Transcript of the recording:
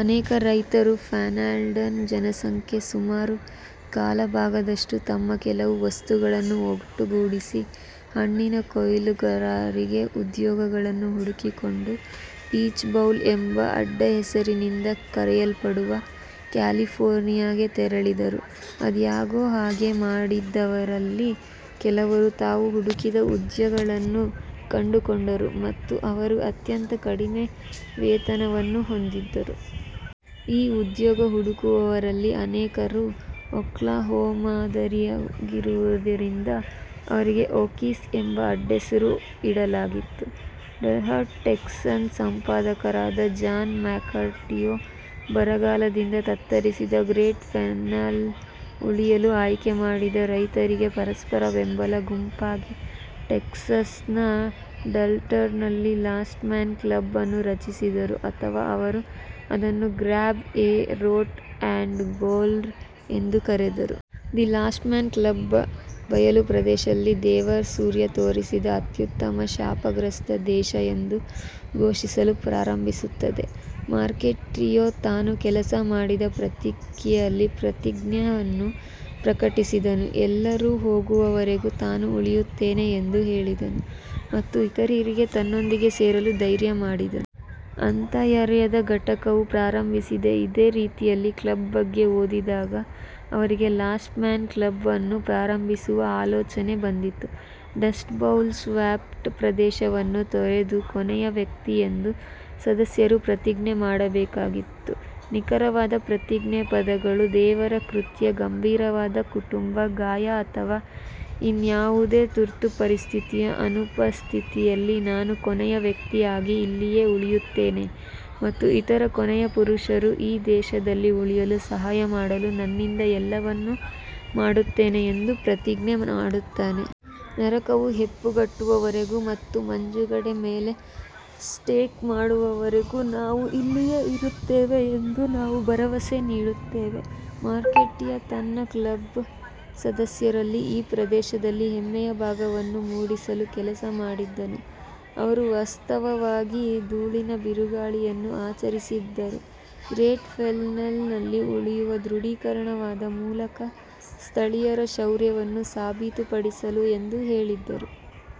ಅನೇಕ ರೈತರು, ಪ್ಯಾನ್ಹ್ಯಾಂಡಲ್ ಜನಸಂಖ್ಯೆಯ ಸುಮಾರು ಕಾಲು ಭಾಗದಷ್ಟು, ತಮ್ಮ ಕೆಲವು ವಸ್ತುಗಳನ್ನು ಒಟ್ಟುಗೂಡಿಸಿ, ಹಣ್ಣಿನ ಕೊಯ್ಲುಗಾರರಾಗಿ ಉದ್ಯೋಗಗಳನ್ನು ಹುಡುಕಿಕೊಂಡು "ಪೀಚ್ ಬೌಲ್" ಎಂಬ ಅಡ್ಡಹೆಸರಿನಿಂದ ಕರೆಯಲ್ಪಡುವ ಕ್ಯಾಲಿಫೋರ್ನಿಯಾಗೆ ತೆರಳಿದರು. ಆದಾಗ್ಯೂ, ಹಾಗೆ ಮಾಡಿದವರಲ್ಲಿ, ಕೆಲವರು ತಾವು ಹುಡುಕಿದ ಉದ್ಯೋಗಗಳನ್ನು ಕಂಡುಕೊಂಡರು, ಮತ್ತು ಅವರು ಅತ್ಯಂತ ಕಡಿಮೆ ವೇತನವನ್ನು ಹೊಂದಿದ್ದರು. ಈ ಉದ್ಯೋಗ ಹುಡುಕುವವರಲ್ಲಿ ಅನೇಕರು ಒಕ್ಲಹೋಮಾದವರಾಗಿರುವುದರಿಂದ ಅವರಿಗೆ "ಓಕೀಸ್" ಎಂಬ ಅಡ್ಡಹೆಸರು ಇಡಲಾಗಿತ್ತು. ಡಾಲ್ಹಾರ್ಟ್ ಟೆಕ್ಸಾನ್ನ ಸಂಪಾದಕರಾದ ಜಾನ್ ಮ್ಯಾಕ್ಕಾರ್ಟಿಯು, ಬರಗಾಲದಿಂದ ತತ್ತರಿಸಿದ ಗ್ರೇಟ್ ಪ್ಲೇನ್ಸ್ನಲ್ಲಿ ಉಳಿಯಲು ಆಯ್ಕೆ ಮಾಡಿದ ರೈತರಿಗೆ ಪರಸ್ಪರ ಬೆಂಬಲ ಗುಂಪಾಗಿ ಟೆಕ್ಸಾಸ್ನ ಡಾಲ್ಹಾರ್ಟ್ನಲ್ಲಿ ಲಾಸ್ಟ್ ಮ್ಯಾನ್ ಕ್ಲಬ್ ಅನ್ನು ರಚಿಸಿದರು ಅಥವಾ ಅವರು ಅದನ್ನು "grab a root and growl" ಎಂದು ಕರೆದರು. ದಿ ಲಾಸ್ಟ್ ಮ್ಯಾನ್ ಕ್ಲಬ್ ಬಯಲು ಪ್ರದೇಶಗಳು "ದೇವರ ಸೂರ್ಯ ತೋರಿಸಿದ ಅತ್ಯುತ್ತಮ ಶಾಪಗ್ರಸ್ತ ದೇಶ" ಎಂದು ಘೋಷಿಸಲು ಪ್ರಾರಂಭಿಸುತ್ತದೆ, ಮೆಕ್ಕಾರ್ಟಿಯು ತಾನು ಕೆಲಸ ಮಾಡಿದ ಪತ್ರಿಕೆಯಲ್ಲಿ ಪ್ರತಿಜ್ಞೆಯನ್ನು ಪ್ರಕಟಿಸಿದನು, ಎಲ್ಲರೂ ಹೋಗುವವರೆಗೂ ತಾನು ಉಳಿಯುತ್ತೇನೆ ಎಂದು ಹೇಳಿದನು ಮತ್ತು ಇತರರಿಗೆ ತನ್ನೊಂದಿಗೆ ಸೇರಲು ಧೈರ್ಯ ಮಾಡಿದನು. ಅಂತರ್ಯುದ್ಧದ ಘಟಕವು ಪ್ರಾರಂಭಿಸಿದ ಇದೇ ರೀತಿಯ ಕ್ಲಬ್ನ ಬಗ್ಗೆ ಓದಿದಾಗ ಅವರಿಗೆ ಲಾಸ್ಟ್ ಮ್ಯಾನ್ ಕ್ಲಬ್ ಅನ್ನು ಪ್ರಾರಂಭಿಸುವ ಆಲೋಚನೆ ಬಂದಿತು. ಡಸ್ಟ್-ಬೌಲ್-ಸ್ವೆಪ್ಟ್ ಪ್ರದೇಶವನ್ನು ತೊರೆದ ಕೊನೆಯ ವ್ಯಕ್ತಿ ಎಂದು ಸದಸ್ಯರು ಪ್ರತಿಜ್ಞೆ ಮಾಡಬೇಕಾಗಿತ್ತು. ನಿಖರವಾದ ಪ್ರತಿಜ್ಞೆಯ ಪದಗಳು "ದೇವರ ಕೃತ್ಯ, ಗಂಭೀರವಾದ ಕುಟುಂಬದ ಗಾಯ ಅಥವಾ ಇನ್ನಾವುದೇ ತುರ್ತು ಪರಿಸ್ಥಿತಿಯ ಅನುಪಸ್ಥಿತಿಯಲ್ಲಿ, ನಾನು ಕೊನೆಯ ವ್ಯಕ್ತಿಯಾಗಿ ಇಲ್ಲಿಯೇ ಉಳಿಯುತ್ತೇನೆ ಮತ್ತು ಇತರ ಕೊನೆಯ ಪುರುಷರು ಈ ದೇಶದಲ್ಲಿ ಉಳಿಯಲು ಸಹಾಯ ಮಾಡಲು ನನ್ನಿಂದಾದ ಎಲ್ಲವನ್ನೂ ಮಾಡುತ್ತೇನೆ ಎಂದು ಪ್ರತಿಜ್ಞೆ ಮಾಡುತ್ತೇನೆ. ನರಕವು ಹೆಪ್ಪುಗಟ್ಟುವವರೆಗೆ ಮತ್ತು ಮಂಜುಗಡ್ಡೆಯ ಮೇಲೆ ಸ್ಕೇಟ್ ಮಾಡುವವರೆಗೆ ನಾವು ಇಲ್ಲಿಯೇ ಇರುತ್ತೇವೆ ಎಂದು ನಾವು ಭರವಸೆ ನೀಡುತ್ತೇವೆ. ಮೆಕ್ಕಾರ್ಟಿಯು ತನ್ನ ಕ್ಲಬ್ನ ಸದಸ್ಯರಲ್ಲಿ ಈ ಪ್ರದೇಶದಲ್ಲಿ ಹೆಮ್ಮೆಯ ಭಾವವನ್ನು ಮೂಡಿಸಲು ಕೆಲಸ ಮಾಡಿದನು. ಅವರು ವಾಸ್ತವವಾಗಿ ಧೂಳಿನ ಬಿರುಗಾಳಿಗಳನ್ನು ಆಚರಿಸಿದರು, ಗ್ರೇಟ್ ಪ್ಲೇನ್ಸ್ನಲ್ಲಿ ಉಳಿಯುವ ದೃಢೀಕರಣದ ಮೂಲಕ ಸ್ಥಳೀಯರ ಶೌರ್ಯವನ್ನು ಸಾಬೀತುಪಡಿಸಲಾಗಿದೆ ಎಂದು ಹೇಳಿದರು.